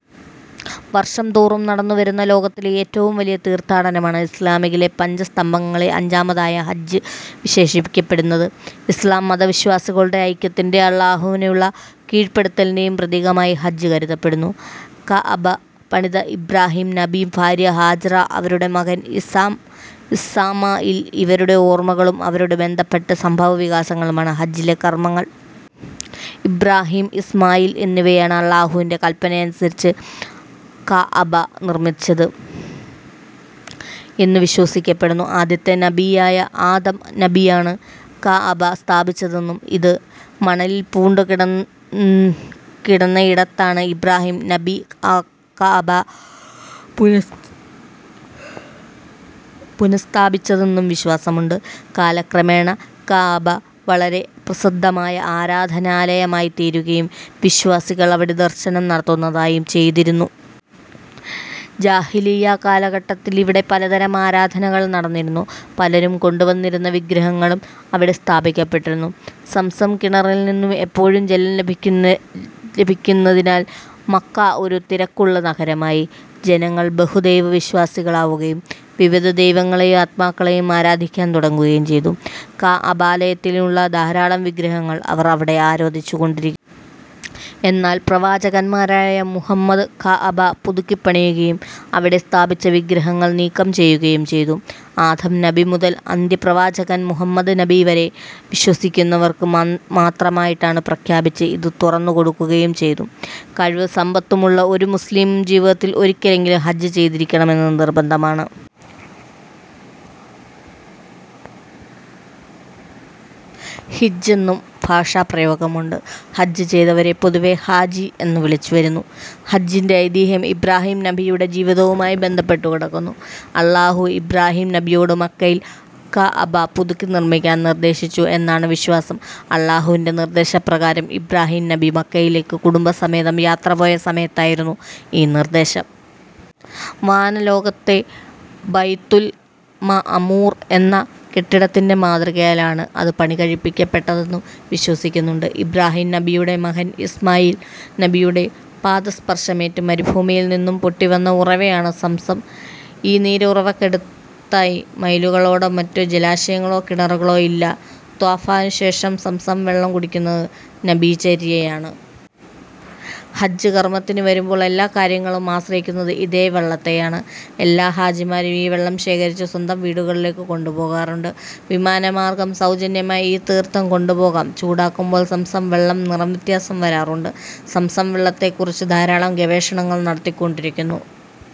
വർഷംതോറും നടന്നു വരുന്ന ലോകത്തിലെ ഏറ്റവും വലിയ തീർഥാടനമാണിത്. ഇസ്ലാമിലെ പഞ്ചസ്തംഭങ്ങളിൽ അഞ്ചാമത്തെതായാണ് ഹജ്ജ് വിശേഷിപ്പിക്കപ്പെടുന്നത്.. ഇസ്ലാം മതവിശ്വാസികളുടെ ഐക്യത്തിന്റെയും അള്ളാഹുവിനുള്ള കീഴ്പ്പെടലിന്റെയും പ്രതീകമായി ഹജ്ജ് കരുതപ്പെടുന്നു. കഅബ പണിത ഇബ്രാഹിം നബി, ഭാര്യ ഹാജറ, അവരുടെ മകൻ ഇസ്മാഇൽ എന്നിവരുടെ ഓർമകളും അവരുമായി ബന്ധപ്പെട്ട സംഭവ വികാസങ്ങളുമാണ് ഹജ്ജിലെ കർമ്മങ്ങൾ. ഇബ്രാഹിം, ഇസ്മായിൽ എന്നിവയാണ് അള്ളാഹുവിന്റെ കല്പന അനുസരിച്ച് കഅബ നിർമ്മിച്ചത് എന്ന് വിശ്വസിക്കപ്പെടുന്നു. ആദ്യത്തെ നബിയായ ആദം നബിയാണ് കഅബ സ്ഥാപിച്ചതെന്നും, ഇത് മണലിൽ പൂണ്ടുകിടന്നയിടത്താണ് ഇബ്രാഹിം നബി കഅബ പുനഃസ്ഥാപിച്ചതെന്നും വിശ്വാസമുണ്ട്. കാലക്രമേണ കഅബ വളരെ പ്രസിദ്ധമായ ആരാധനാലയമായിത്തീരുകയും വിശ്വാസികൾ അവിടെ ദർശനം നടത്താനെത്തുകയും ചെയ്തിരുന്നു. ജാഹിലിയ്യ കാലഘട്ടത്തിൽ ഇവിടെ പലതരം ആരാധനകൾ നടന്നിരുന്നു. പലരും കൊണ്ടുവന്നിരുന്ന വിഗ്രഹങ്ങളും അവിടെ സ്ഥാപിക്കപ്പെട്ടിരുന്നു. സംസം കിണറിൽ നിന്നും എപ്പോഴും ജലം ലഭിച്ചിരുന്നതിനാൽ മക്ക ഒരു തിരക്കുള്ള നഗരമായി. ജനങ്ങൾ ബഹുദൈവ വിശ്വാസികളാവുകയും വിവിധ ദൈവങ്ങളെയും ആത്മാക്കളെയും ആരാധിക്കാൻ തുടങ്ങുകയും ചെയ്തു. കഅബാലയത്തിനുള്ളിലെ ധാരാളം വിഗ്രഹങ്ങൾ അവർ ആരോധിച്ചുകൊണ്ടിരിന്നു. എന്നാൽ പ്രവാചകനൻമാരായ മുഹമ്മദ് കഅബ പുതുക്കിപ്പണിയുകയും അവിടെ സ്ഥാപിച്ച വിഗ്രഹങ്ങൾ നീക്കം ചെയ്യുകയും ചെയ്തു. ആദം നബി മുതൽ അന്ത്യ പ്രവാചകൻ മുഹമ്മദ് നബിയിൽ വരെ വിശ്വസിക്കുന്നവർക്ക് മാത്രമായിട്ടെന്ന് പ്രഖ്യാപിച്ച് ഇതു തുറന്നുകൊടുക്കുകയും ചെയ്തു. കഴിവും സമ്പത്തുമുള്ള ഓരോ മുസ്ലീമും ജീവിതത്തിൽ ഒരിക്കലെങ്കിലും ഹജ്ജ് ചെയ്തിരിക്കണം എന്ന് നിർബന്ധമാണ്. ഹിജ്ജ് എന്നും ഭാഷാപ്രയോഗമുണ്ട്. ഹജ്ജ് ചെയ്തവരെ പൊതുവെ ഹാജി എന്ന് വിളിച്ച് വരുന്നു.. ഹജ്ജിന്റെ ഐതിഹ്യം ഇബ്രാഹീം നബിയുടെ ജീവിതവുമായി ബന്ധപ്പെട്ടു കിടക്കുന്നു. അല്ലാഹു ഇബ്രാഹീം നബിയോട് മക്കയിൽ കഅ്ബ പുതുക്കി നിർമ്മിക്കാൻ നിർദ്ദേശിച്ചു എന്നാണ് വിശ്വാസം. അല്ലാഹുവിന്റെ നിർദ്ദേശപ്രകാരം ഇബ്രാഹീം നബി മക്കയിലേക്ക് കുടുംബസമേതം യാത്ര പോയ സമയത്തായിരുന്നു ഈ നിർദ്ദേശം. വാനലോകത്തെ ബൈത്തുൽ മഅമൂർ എന്ന കെട്ടിടത്തിന്റെ മാതൃകയിലാണ് അത് പണികഴിപ്പിക്കപ്പെട്ടതെന്നും വിശ്വസിക്കുന്നുണ്ട്.. ഇബ്രാഹിം നബിയുടെ മകൻ ഇസ്മായിൽ നബിയുടെ പാദസ്പർശമേറ്റ് മരുഭൂമിയിൽ നിന്നും പൊട്ടി വന്ന ഉറവയാണ് സംസം. ഈ നീരുറവക്കടുത്തായി മൈലുകളോളം മറ്റു ജലാശയങ്ങളോ കിണറുകളോ ഇല്ല. ത്വഫാഫിനു ശേഷം സംസം വെള്ളം കുടിക്കുന്നത് നബിചര്യയാണ്. ഹജ്ജ് കർമ്മത്തിനു വരുമ്പോൾ എല്ലാ കാര്യങ്ങളും ആശ്രയിക്കുന്നത് ഇതേ വെള്ളത്തെയാണ്. എല്ലാ ഹാജിമാരും ഈ വെള്ളം ശേഖരിച്ച് സ്വന്തം വീടുകളിലേക്ക് കൊണ്ടു പോകാറുണ്ട്. വിമാന മാർഗ്ഗം സൗജന്യമായി ഈ തീർഥം കൊണ്ടു പോകാം. ചൂടാക്കുമ്പോൾ സംസം വെള്ളം നിറ വ്യത്യാസം വരാറുണ്ട്. സംസം വെള്ളത്തെ കുറിച്ച് ധാരാളം ഗവേഷണങ്ങൾ നടന്നുകൊണ്ടിരിക്കുന്നുണ്ട്.